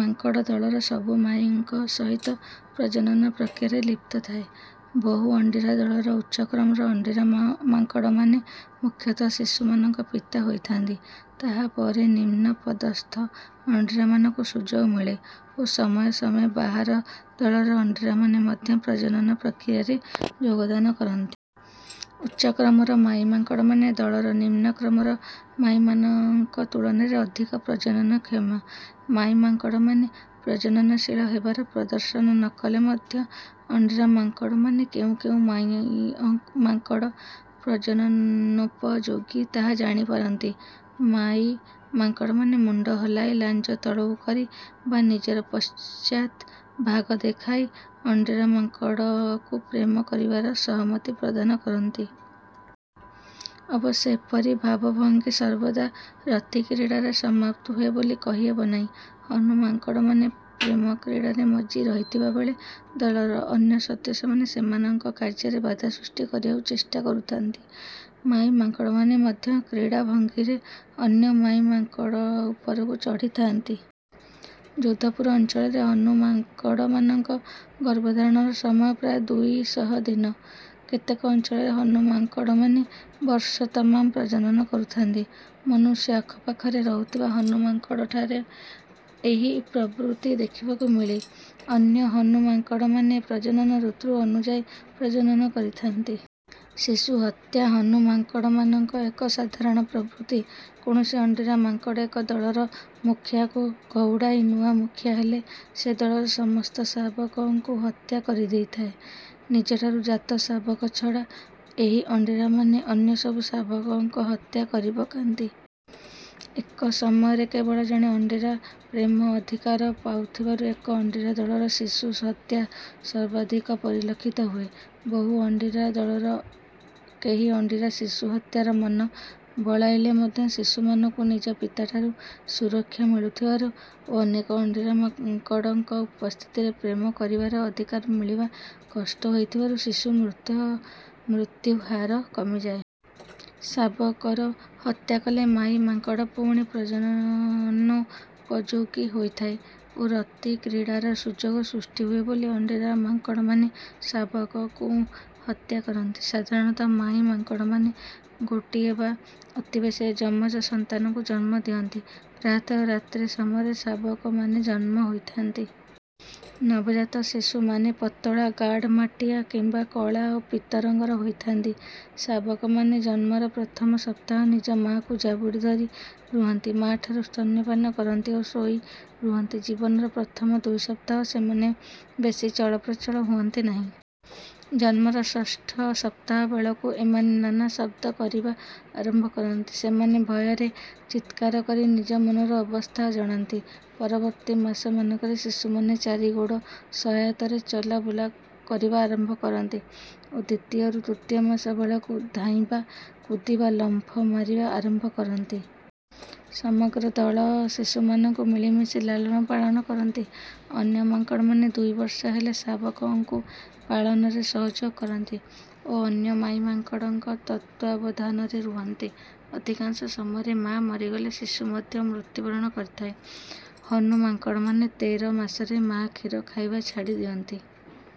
ମାଙ୍କଡ଼ ଦଳର ସବୁ ମାଈଙ୍କ ସହିତ ପ୍ରଜନନ ପ୍ରକ୍ରିୟାରେ ଲିପ୍ତ ଥାଏ। ବହୁ-ଅଣ୍ଡିରା ଦଳରେ ଉଚ୍ଚ-କ୍ରମର ଅଣ୍ଡିରା ମାଙ୍କଡ଼ମାନେ ମୁଖ୍ୟତଃ ଶିଶୁମାନଙ୍କ ପିତା ହୋଇଥାନ୍ତି, ତାହା ପରେ ନିମ୍ନ ପଦସ୍ଥ ଅଣ୍ଡିରାମାନଙ୍କୁ ସୁଯୋଗ ମିଳେ ଓ ସମୟେ ସମୟେ ବାହାର ଦଳର ଅଣ୍ଡିରାମାନେ ମଧ୍ୟ ପ୍ରଜନନ ପ୍ରକ୍ରିୟାରେ ଯୋଗଦାନ କରନ୍ତି। ଉଚ୍ଚ-କ୍ରମର ମାଈ ମାଙ୍କଡ଼ମାନେ ଦଳର ନିମ୍ନ-କ୍ରମର ମାଈମାନଙ୍କ ତୁଳନାରେ ଅଧିକ ପ୍ରଜନନକ୍ଷମ। ମାଈ ମାଙ୍କଡ଼ମାନେ ପ୍ରଜନନଶୀଳ ହେବାର ପ୍ରଦର୍ଶନ ନ କଲେ ମଧ୍ୟ ଅଣ୍ଡିରା ମାଙ୍କଡ଼ମାନେ କେଉଁ କେଉଁ ମାଈ ମାଙ୍କଡ଼ ପ୍ରଜନନୋପଯୋଗୀ ତାହା ଜାଣିପାରନ୍ତି। ମାଈ ମାଙ୍କଡ଼ମାନେ ମୁଣ୍ଡ ହଲାଇ, ଲାଞ୍ଜ ତଳକୁ କରି ବା ନିଜର ପଶ୍ଚାତ ଭାଗ ଦେଖାଇ ଅଣ୍ଡିରା ମାଙ୍କଡ଼କୁ ପ୍ରେମ କରିବାର ସହମତି ପ୍ରଦାନ କରନ୍ତି। ଅବଶ୍ୟ ଏପରି ଭାବଭଙ୍ଗୀ ସର୍ବଦା ରତିକ୍ରୀଡ଼ାରେ ସମାପ୍ତ ହୁଏ ବୋଲି କହିହେବ ନାହିଁ। ହନୁ ମାଙ୍କଡ଼ମାନେ ପ୍ରେମକ୍ରୀଡ଼ାରେ ମଜ୍ଜି ରହିଥିବା ବେଳେ ଦଳର ଅନ୍ୟ ସଦସ୍ୟମାନେ ସେମାନଙ୍କ କାର୍ଯ୍ୟରେ ବାଧା ସୃଷ୍ଟି କରିବାକୁ ଚେଷ୍ଟା କରୁଥାନ୍ତି। ମାଈ ମାଙ୍କଡ଼ମାନେ ମଧ୍ୟ କ୍ରୀଡ଼ାଭଙ୍ଗୀରେ ଅନ୍ୟ ମାଈ ମାଙ୍କଡ଼ ଉପରକୁ ଚଢ଼ିଥାନ୍ତି। ଯୋଧପୁର ଅଞ୍ଚଳରେ ହନୁ ମାଙ୍କଡ଼ମାନଙ୍କ ଗର୍ଭଧାରଣ ସମୟ ପ୍ରାୟ ଦୁଇ ଶହ ଦିନ। କେତେକ ଅଞ୍ଚଳରେ ହନୁ ମାଙ୍କଡ଼ମାନେ ବର୍ଷ ତମାମ ପ୍ରଜନନ କରୁଥାନ୍ତି। ମନୁଷ୍ୟ ଆଖପାଖରେ ରହୁଥିବା ହନୁ ମାଙ୍କଡ଼ଙ୍କଠାରେ ଏହି ପ୍ରବୃତ୍ତି ଦେଖିବାକୁ ମିଳେ। ଅନ୍ୟ ହନୁ ମାଙ୍କଡ଼ମାନେ ପ୍ରଜନନ ଋତୁ ଅନୁଯାୟୀ ପ୍ରଜନନ କରିଥାନ୍ତି। ଶିଶୁ ହତ୍ୟା ହନୁ ମାଙ୍କଡ଼ମାନଙ୍କ ଏକ ସାଧାରଣ ପ୍ରବୃତ୍ତି। କୌଣସି ଅଣ୍ଡିରା ମାଙ୍କଡ଼ ଏକ ଦଳର ମୁଖିଆକୁ ଘଉଡ଼ାଇ ନୂଆ ମୁଖିଆ ହେଲେ ସେ ଦଳର ସମସ୍ତ ଶାବକଙ୍କୁ ହତ୍ୟା କରିଦେଇଥାଏ। ନିଜଠାରୁ ଜାତ ଶାବକ ଛଡ଼ା ଏହି ଅଣ୍ଡିରାମାନେ ଅନ୍ୟ ସବୁ ଶାବକଙ୍କ ହତ୍ୟା କରିପକାନ୍ତି। ଏକ ସମୟରେ କେବଳ ଜଣେ ଅଣ୍ଡିରା ପ୍ରେମ ଅଧିକାର ପାଉଥିବାରୁ ଏକ-ଅଣ୍ଡିରା ଦଳରେ ଶିଶୁ ହତ୍ୟା ସର୍ବାଧିକ ପରିଲକ୍ଷିତ ହୁଏ। ବହୁ-ଅଣ୍ଡିରା ଦଳରେ କେହି ଅଣ୍ଡିରା ଶିଶୁ ହତ୍ୟାର ମନ ବଳାଇଲେ ମଧ୍ୟ ଶିଶୁମାନଙ୍କୁ ନିଜ ପିତାଠାରୁ ସୁରକ୍ଷା ମିଳୁଥିବାରୁ ଓ ଅନେକ ଅଣ୍ଡିରା ମାଙ୍କଡ଼ଙ୍କ ଉପସ୍ଥିତିରେ ପ୍ରେମ କରିବାର ଅଧିକାର ମିଳିବା କଷ୍ଟ ହୋଇଥିବାରୁ ଶିଶୁ ମୃତ୍ୟ ମୃତ୍ୟୁ ହାର କମିଯାଏ। ଶାବକର ହତ୍ୟା କଲେ ମାଈ ମାଙ୍କଡ଼ ପୁଣି ପ୍ରଜନନୋପଯୋଗୀ ହୋଇଥାଏ ଓ ରତିକ୍ରୀଡ଼ାର ସୁଯୋଗ ସୃଷ୍ଟି ହୁଏ ବୋଲି ଅଣ୍ଡିରା ମାଙ୍କଡ଼ମାନେ ଶାବକଙ୍କୁ ହତ୍ୟା କରନ୍ତି। ସାଧାରଣତଃ ମାଈ ମାଙ୍କଡ଼ମାନେ ଗୋଟିଏ ବା ଅତି ବେଶୀରେ ଯମଜ ସନ୍ତାନଙ୍କୁ ଜନ୍ମ ଦିଅନ୍ତି। ପ୍ରାୟତଃ ରାତ୍ରି ସମୟରେ ଶାବକମାନେ ଜନ୍ମ ହୋଇଥାନ୍ତି। ନବଜାତ ଶିଶୁମାନେ ପତଳା, ଗାଢ଼ ମାଟିଆ କିମ୍ବା କଳା ଓ ପୀତ ରଙ୍ଗର ହୋଇଥାନ୍ତି। ଶାବକମାନେ ଜନ୍ମର ପ୍ରଥମ ସପ୍ତାହ ନିଜ ମା'କୁ ଜାବୁଡ଼ି ଧରି ରୁହନ୍ତି, ମା'ଠାରୁ ସ୍ତନ୍ୟପାନ କରନ୍ତି ଓ ଶୋଇ ରୁହନ୍ତି। ଜୀବନର ପ୍ରଥମ ଦୁଇ ସପ୍ତାହ ସେମାନେ ବେଶୀ ଚଳପ୍ରଚଳ ହୁଅନ୍ତି ନାହିଁ। ଜନ୍ମର ଷଷ୍ଠ ସପ୍ତାହ ବେଳକୁ ଏମାନେ ନାନା ଶବ୍ଦ କରିବା ଆରମ୍ଭ କରନ୍ତି। ସେମାନେ ଭୟରେ ଚିତ୍କାର କରି ନିଜ ମନର ଅବସ୍ଥା ଜଣାନ୍ତି। ପରବର୍ତ୍ତୀ ମାସମାନଙ୍କରେ ଶିଶୁମାନେ ଚାରି ଗୋଡ଼ ସହାୟତାରେ ଚଲାବୁଲା କରିବା ଆରମ୍ଭ କରନ୍ତି ଓ ଦ୍ୱିତୀୟ ରୁ ତୃତୀୟ ମାସ ବେଳକୁ ଧାଇଁବା, କୁଦିବା, ଲମ୍ଫ ମାରିବା ଆରମ୍ଭ କରନ୍ତି। ସମଗ୍ର ଦଳ ଶିଶୁମାନଙ୍କୁ ମିଳିମିଶି ଲାଳନପାଳନ କରନ୍ତି, ଅନ୍ୟ ମାଙ୍କଡ଼ମାନେ ଦୁଇ ବର୍ଷ ହେଲେ ଶାବକଙ୍କୁ ପାଳନରେ ସହଯୋଗ କରନ୍ତି ଓ ଅନ୍ୟ ମାଈ ମାଙ୍କଡ଼ଙ୍କ ତତ୍ତ୍ୱାବଧାନରେ ରୁହନ୍ତି। ଅଧିକାଂଶ ସମୟରେ ମା' ମରିଗଲେ ଶିଶୁ ମଧ୍ୟ ମୃତ୍ୟୁବରଣ କରିଥାଏ। ହନୁ ମାଙ୍କଡ଼ମାନେ ତେର ମାସରେ ମା' କ୍ଷୀର ଖାଇବା ଛାଡ଼ି ଦିଅନ୍ତି।